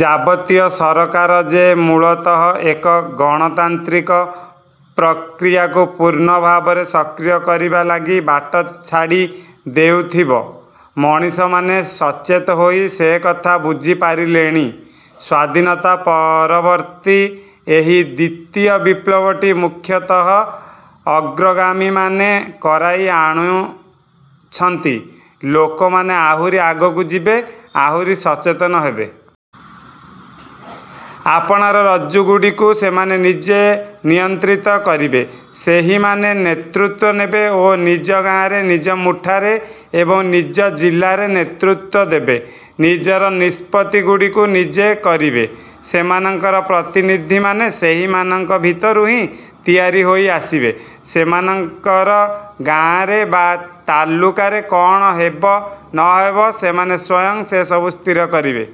ଯାବତୀୟ ସରକାର ଯେ ମୂଳତଃ ଏକ ଗଣତାନ୍ତ୍ରିକ ପ୍ରକ୍ରିୟାକୁ ପୂର୍ଣ୍ଣ ଭାବରେ ସକ୍ରିୟ କରିବା ଲାଗି ବାଟ ଛାଡ଼ି ଦେଉଥିବ, ମଣିଷମାନେ ସଚେତ ହୋଇ ସେକଥା ବୁଝି ପାରିଲେଣି। ସ୍ୱାଧୀନତା ପରବର୍ତ୍ତୀ ଏହି ଦ୍ୱିତୀୟ ବିପ୍ଳବଟି ମୁଖତଃ ଅଗ୍ରଗାମୀମାନେ କରାଇ ଆଣୁଛନ୍ତି। ଲୋକମାନେ ଆହୁରି ଆଗକୁ ଯିବେ, ଆହୁରି ସଚେତନ ହେବେ। ଆପଣାର ରଜ୍ଜୁଗୁଡ଼ିକୁ ସେମାନେ ନିଜେ ନିୟନ୍ତ୍ରିତ କରିବେ। ସେହିମାନେ ନେତୃତ୍ୱ ନେବେ ଓ ନିଜ ଗାଆଁରେ, ନିଜ ମୁଠାରେ ଏବଂ ନିଜ ଜିଲ୍ଲାରେ ନେତୃତ୍ୱ ଦେବେ। ନିଜର ନିଷ୍ପତ୍ତିଗୁଡ଼ିକୁ ନିଜେ କରିବେ। ସେମାନଙ୍କର ପ୍ରତିନିଧିମାନେ ସେହିମାନଙ୍କ ଭିତରୁ ହିଁ ତିଆରି ହୋଇ ଆସିବେ। ସେମାନଙ୍କର ଗାଆଁରେ ବା ତାଲୁକାରେ କଣ ହେବ ନହେବ ସେମାନେ ସ୍ୱୟଂ ସେସବୁ ସ୍ଥିର କରିବେ।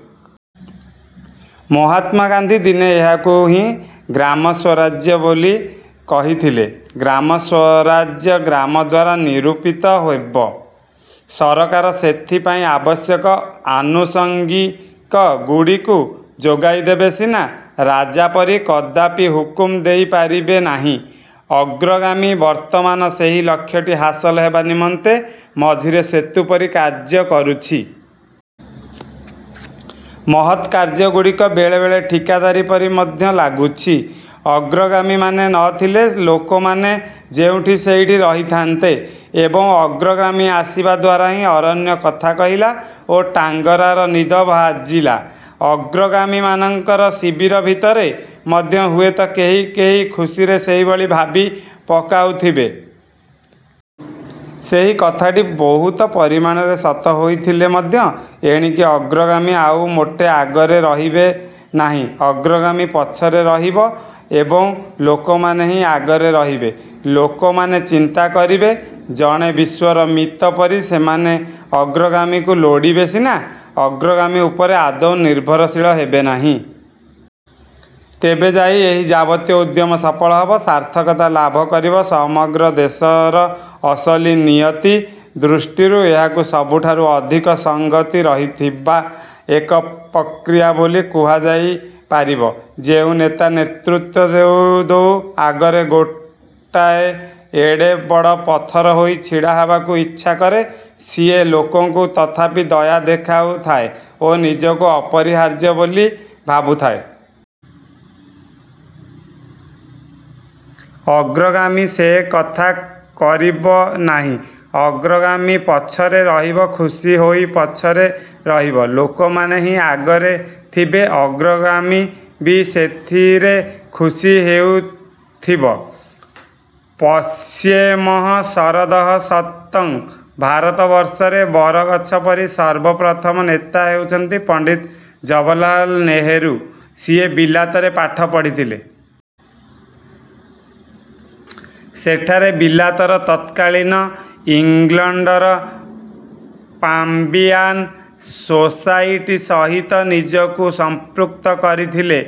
ମହାତ୍ମା ଗାନ୍ଧୀ ଦିନେ ଏହାକୁ ହିଁ ଗ୍ରାମସ୍ଵରାଜ୍ୟ ବୋଲି କହିଥିଲେ। ଗ୍ରାମସ୍ଵରାଜ୍ୟ ଗ୍ରାମ ଦ୍ୱାରା ନିରୂପିତ ହେବ। ସରକାର ସେଥିପାଇଁ ଆବଶ୍ୟକ ଆନୁଷଙ୍ଗିକଗୁଡ଼ିକୁ ଯୋଗାଇଦେବ ସିନା ରାଜା ପରି କଦାପି ହୁକୁମ ଦେଇ ପାରିବ ନାହିଁ। ଅଗ୍ରଗାମୀ ବର୍ତ୍ତମାନ ସେହି ଲକ୍ଷ୍ୟଟି ହାସଲ ହେବା ନିମନ୍ତେ ମଝିରେ ସେତୁ ପରି କାର୍ଯ୍ୟ କରୁଛି। ମହତ୍ କାର୍ଯ୍ୟଗୁଡ଼ିକ ବେଳେ ବେଳେ ଠିକାଦାରୀ ପରି ମଧ୍ୟ ଲାଗୁଛି। ଅଗ୍ରଗାମୀମାନେ ନଥିଲେ ଲୋକମାନେ ଯେଉଠି ସେଇଠି ରହିଥାନ୍ତେ ଏବଂ ଅଗ୍ରଗାମୀ ଆସିବା ଦ୍ୱାରା ହିଁ ଅରଣ୍ୟ କଥା କହିଲା ଓ ଟାଙ୍ଗରର ନିଦ ଭାଜିଲା ଅଗ୍ରଗାମୀମାନଙ୍କର ଶିବିର ଭିତରେ ମଧ୍ୟ ହୁଏତ କେହି କେହି ଖୁସିରେ ସେହିଭଳି ଭାବି ପକାଉଥିବେ। ସେହି କଥାଟି ବହୁତ ପରିମାଣରେ ସତ ହୋଇଥିଲେ ମଧ୍ୟ ଏଣିକି ଅଗ୍ରଗାମୀ ଆଉ ମୋଟେ ଆଗରେ ରହିବେ ନାହିଁ। ଅଗ୍ରଗାମୀ ପଛରେ ରହିବ ଏବଂ ଲୋକମାନେ ହିଁ ଆଗରେ ରହିବେ। ଲୋକମାନେ ଚିନ୍ତା କରିବେ। ଜଣେ ବିଶ୍ୱର ମିତ ପରି ସେମାନେ ଅଗ୍ରଗାମୀକୁ ଲୋଡ଼ିବେ ସିନା, ଅଗ୍ରଗାମୀ ଉପରେ ଆଦୌ ନିର୍ଭରଶୀଳ ହେବେନାହିଁ। ତେବେଯାଇ ଏହି ଯାବତୀୟ ଉଦ୍ୟମ ସଫଳ ହେବ, ସାର୍ଥକତା ଲାଭ କରିବ ସମଗ୍ର ଦେଶର ଅସଲ ନିୟତି ଦୃଷ୍ଟିରୁ ଏହାକୁ ସବୁଠାରୁ ଅଧିକ ସଂଗତି ରହିଥିବା ଏକ ପ୍ରକ୍ରିୟା ବୋଲି କୁହାଯାଇ ପାରିବ। ଯେଉଁ ନେତା ନେତୃତ୍ୱ ଦେଉ ଦେଉ ଆଗରେ ଗୋଟାଏ ଏଡ଼େ ବଡ଼ ପଥର ହୋଇ ଛିଡ଼ା ହେବାକୁ ଇଚ୍ଛା କରେ ସିଏ ଲୋକଙ୍କୁ ତଥାପି ଦୟା ଦେଖାଉଥାଏ ଓ ନିଜକୁ ଅପରିହାର୍ଯ୍ୟ ବୋଲି ଭାବୁଥାଏ। ଅଗ୍ରଗାମୀ ସେକଥା କରିବ ନାହିଁ, ଅଗ୍ରଗାମୀ ପଛରେ ରହିବ ଖୁସି ହୋଇ ପଛରେ ରହିବ, ଲୋକମାନେ ହିଁ ଆଗରେ ଥିବେ ଅଗ୍ରଗାମୀ ବି ସେଥିରେ ଖୁସି ହେଉଥିବ। ପଶ୍ୟେମଃ ଶରଦଃ ଶତଂ ଭାରତବର୍ଷରେ ବରଗଛ ପରି ସର୍ବପ୍ରଥମ ନେତା ହେଉଛନ୍ତି ପଣ୍ଡିତ ଜବାହରଲାଲ ନେହରୁ। ସିଏ ବିଲାତରେ ପାଠ ପଢ଼ିଥିଲେ । ସେଠାରେ ବିଲାତର ତତ୍କାଳୀନ ଇଂଲଣ୍ଡର ପାଂବିଆନ୍ ସୋସାଇଟି ସହିତ ନିଜକୁ ସମ୍ପୃକ୍ତ କରିଥିଲେ,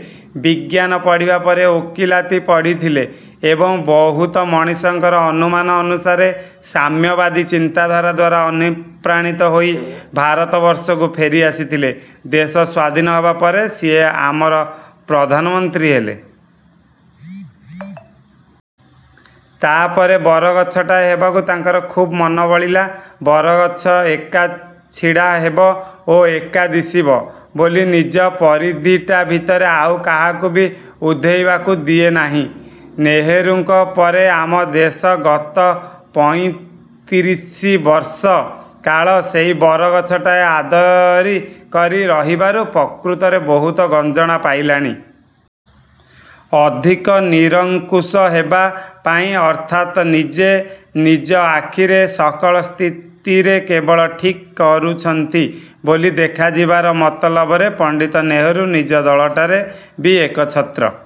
ବିଜ୍ଞାନ ପଢିବା ପରେ ଓକିଲାତି ପଢ଼ିଥିଲେ ଏବଂ ବହୁତ ମଣିଷଙ୍କର ଅନୁମାନ ଅନୁସାରେ ସାମ୍ୟବାଦୀ ଚିନ୍ତାଧାରା ଦ୍ୱାରା ଅନୁପ୍ରାଣିତ ହୋଇ ଭାରତବର୍ଷକୁ ଫେରି ଆସିଥିଲେ। ଦେଶ ସ୍ୱାଧୀନ ହେବା ପରେ ସିଏ ଆମର ପ୍ରଧାନମନ୍ତ୍ରୀ ହେଲେ। ତାପରେ ବରଗଛଟାଏ ହେବାକୁ ତାଙ୍କର ଖୁବ୍ ମନ ବଳିଲା। ବରଗଛ ଏକା ଛିଡ଼ା ହେବ ଓ ଏକା ଦିଶିବ ବୋଲି ନିଜ ପରିଧିଟା ଭିତରେ ଆଉ କାହାକୁ ବି ଉଧେଇବାକୁ ଦିଏ ନାହିଁ। ନେହେରୁଙ୍କ ପରେ ଆମ ଦେଶ ଗତ ପଇଁତ୍ରିଶି ବର୍ଷ କାଳ ସେଇ ବରଗଛଟାଏ ଆଦରି କରି ରହିବାରୁ ପ୍ରକୃତରେ ବହୁତ ଗଞ୍ଜଣା ପାଇଲାଣି। ଅଧିକ ନିରଙ୍କୁଶ ହେବା ପାଇଁ ଅର୍ଥାତ୍ ନିଜେ ନିଜ ଆଖିରେ ସକଳ ସ୍ଥିତିରେ କେବଳ ଠିକ୍ କରୁଛନ୍ତି ବୋଲି ଦେଖାଯିବାର ମତଲବରେ ପଣ୍ଡିତ ନେହରୁ ନିଜ ଦଳଟାରେ ବି ଏକଚ୍ଛତ୍ର